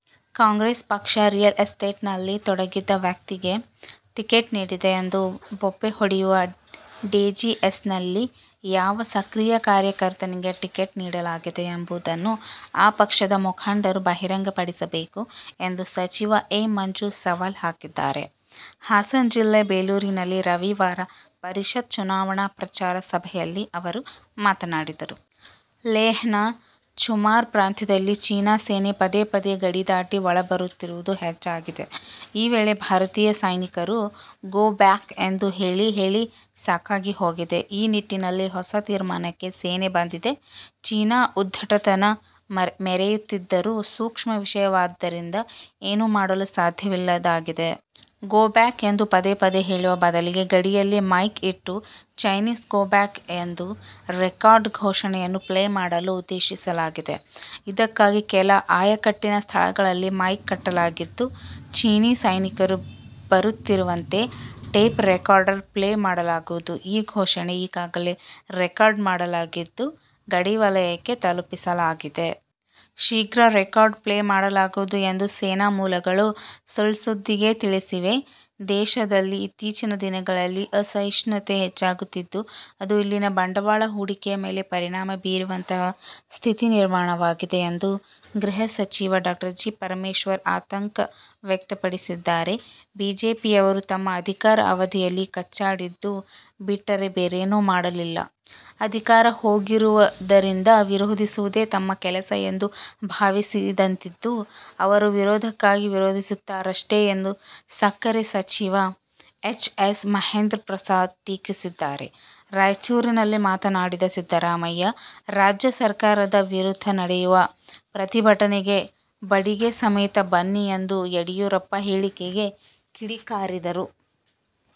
ಕಾಂಗ್ರೆಸ್ ಪಕ್ಷ ರಿಯಲ್ ಎಸ್ಟೇಟ್ನಲ್ಲಿ ತೊಡಗಿದ್ದ ವ್ಯಕ್ತಿಗೆ ಟಿಕೆಟ್ ನೀಡಿದೆ ಎಂದು ಬೊಬ್ಬೆ ಹೊಡೆಯುವ ಜೆಡಿಎಸ್ನಲ್ಲಿ ಯಾವ ಸಕ್ರಿಯ ಕಾರ್ಯಕರ್ತನಿಗೆ ಟಿಕೆಟ್ ನೀಡಲಾಗಿದೆ ಎಂಬುದನ್ನು ಆ ಪಕ್ಷದ ಮುಖಂಡರು ಬಹಿರಂಗಪಡಿಸಬೇಕು ಎಂದು ಸಚಿವ ಎ. ಮಂಜು ಸವಾಲು ಹಾಕಿದ್ದಾರೆ. ಹಾಸನ ಜಿಲ್ಲೆ ಬೇಲೂರಿನಲ್ಲಿ ರವಿವಾರ ಪರಿಷತ್ ಚುನಾವಣಾ ಪ್ರಚಾರ ಸಭೆಯಲ್ಲಿ ಅವರು ಮಾತನಾಡಿದರು. ಲೇಹ್ನ ಚುಮಾರ್ ಪ್ರಾಂತ್ಯದಲ್ಲಿ ಚೀನಾ ಸೇನೆ ಪದೇ ಪದೇ ಗಡಿ ದಾಟಿ ಒಳಬರುತ್ತಿರುವುದು ಹೆಚ್ಚಾಗಿದೆ. ಈ ವೇಳೆ ಭಾರತೀಯ ಸೈನಿಕರು ''''''ಗೋಬ್ಯಾಕ್'' ಎಂದು ಹೇಳಿ ಹೇಳಿ ಸಾಕಾಗಿ ಹೋಗಿದೆ. ಈ ನಿಟ್ಟಿನಲ್ಲಿ ಹೊಸ ತೀರ್ಮಾನಕ್ಕೆ ಸೇನೆ ಬಂದಿದೆ. ಚೀನಾ ಉದ್ಧಟತನ ಮೆರೆಯುತ್ತಿದ್ದರೂ ಸೂಕ್ಷ್ಮ ವಿಷಯವಾದ್ದರಿಂದ ಏನೂ ಮಾಡಲು ಸಾಧ್ಯವಿಲ್ಲದಾಗಿದೆ. ಗೋ ಬ್ಯಾಕ್ ಎಂದು ಪದೇ ಪದೇ ಹೇಳುವ ಬದಲಿಗೆ ಗಡಿಯಲ್ಲಿ ಮೈಕ್ ಇಟ್ಟು ''''ಚೈನೀಸ್ ಗೋಬ್ಯಾಕ್'' ಎಂಬ ರೆಕಾರ್ಡೆಡ್ ಘೋಷಣೆಯನ್ನು ಪ್ಲೇ ಮಾಡಲು ಉದ್ದೇಶಿಸಲಾಗಿದೆ. ಇದಕ್ಕಾಗಿ ಕೆಲ ಆಯಕಟ್ಟಿನ ಸ್ಥಳಗಳಲ್ಲಿ ಮೈಕ್ ಕಟ್ಟಲಾಗಿದ್ದು, ಚೀನೀ ಸೈನಿಕರು ಬರುತ್ತಿರುವಂತೆ, ಟೇಪ್ರೆಕಾರ್ಡರ್ ಪ್ಲೇ ಮಾಡಲಾಗುವುದು. ಈ ಘೋಷಣೆ ಈಗಾಗಲೇ ರೆಕಾರ್ಡ್ ಮಾಡಲಾಗಿದ್ದು, ಗಡಿವಲಯಕ್ಕೆ ತಲುಪಿಸಲಾಗಿದೆ. ಶೀಘ್ರ ರೆಕಾರ್ಡ್ ಪ್ಲೇ ಮಾಡಲಾಗುವುದು ಎಂದು ಸೇನಾ ಮೂಲಗಳು ಸುಳ್ಸುದ್ದಿಗೆ ತಿಳಿಸಿವೆ. ದೇಶದಲ್ಲಿ ಇತ್ತೀಚಿನ ದಿನಗಳಲ್ಲಿ ಅಸಹಿಷ್ಣುತೆ ಹೆಚ್ಚಾಗುತ್ತಿದ್ದು, ಅದು ಇಲ್ಲಿನ ಬಂಡವಾಳ ಹೂಡಿಕೆಯ ಮೇಲೆ ಪರಿಣಾಮ ಬೀರುವಂತಹ ಸ್ಥಿತಿ ನಿರ್ಮಾಣವಾಗಿದೆ ಎಂದು ಗೃಹ ಸಚಿವ ಡಾ. ಜಿ. ಪರಮೇಶ್ವರ್ ಅತಂಕ ವ್ಯಕ್ತಪಡಿಸಿದ್ದಾರೆ. ಬಿಜೆಪಿಯವರು ತಮ್ಮ ಅಧಿಕಾರಾವಧಿಯಲ್ಲಿ ಕಚ್ಚಾಡಿದ್ದು ಬಿಟ್ಟರೆ ಬೇರೇನೂ ಮಾಡಲಿಲ್ಲ. ಅಧಿಕಾರ ಹೋಗಿರುವುದರಿಂದ ವಿರೋಧಿಸುವುದೇ ತಮ್ಮ ಕೆಲಸ ಎಂದು ಭಾವಿಸಿದಂತಿದ್ದು, ಅವರು ವಿರೋಧಕ್ಕಾಗಿ ವಿರೋಧಿಸುತ್ತಾರಷ್ಟೆ ಎಂದು ಸಕ್ಕರೆ ಸಚಿವ ಎಚ್. ಎಸ್. ಮಹದೇವಪ್ರಸಾದ್ ಟೀಕಿಸಿದ್ದಾರೆ. ರಾಯಚೂರಿನಲ್ಲಿ ಮಾತನಾಡಿದ ಸಿದ್ಧರಾಮಯ್ಯ, ರಾಜ್ಯ ಸರಕಾರದ ವಿರುದ್ಧ ನಡೆಯುವ ಪ್ರತಿಭಟನೆಗೆ ಬಡಿಗೆ ಸಮೇತ ಬನ್ನಿ ಎಂಬ ಯಡಿಯೂರಪ್ಪ ಹೇಳಿಕೆಗೆ ಕಿಡಿ ಕಾರಿದರು.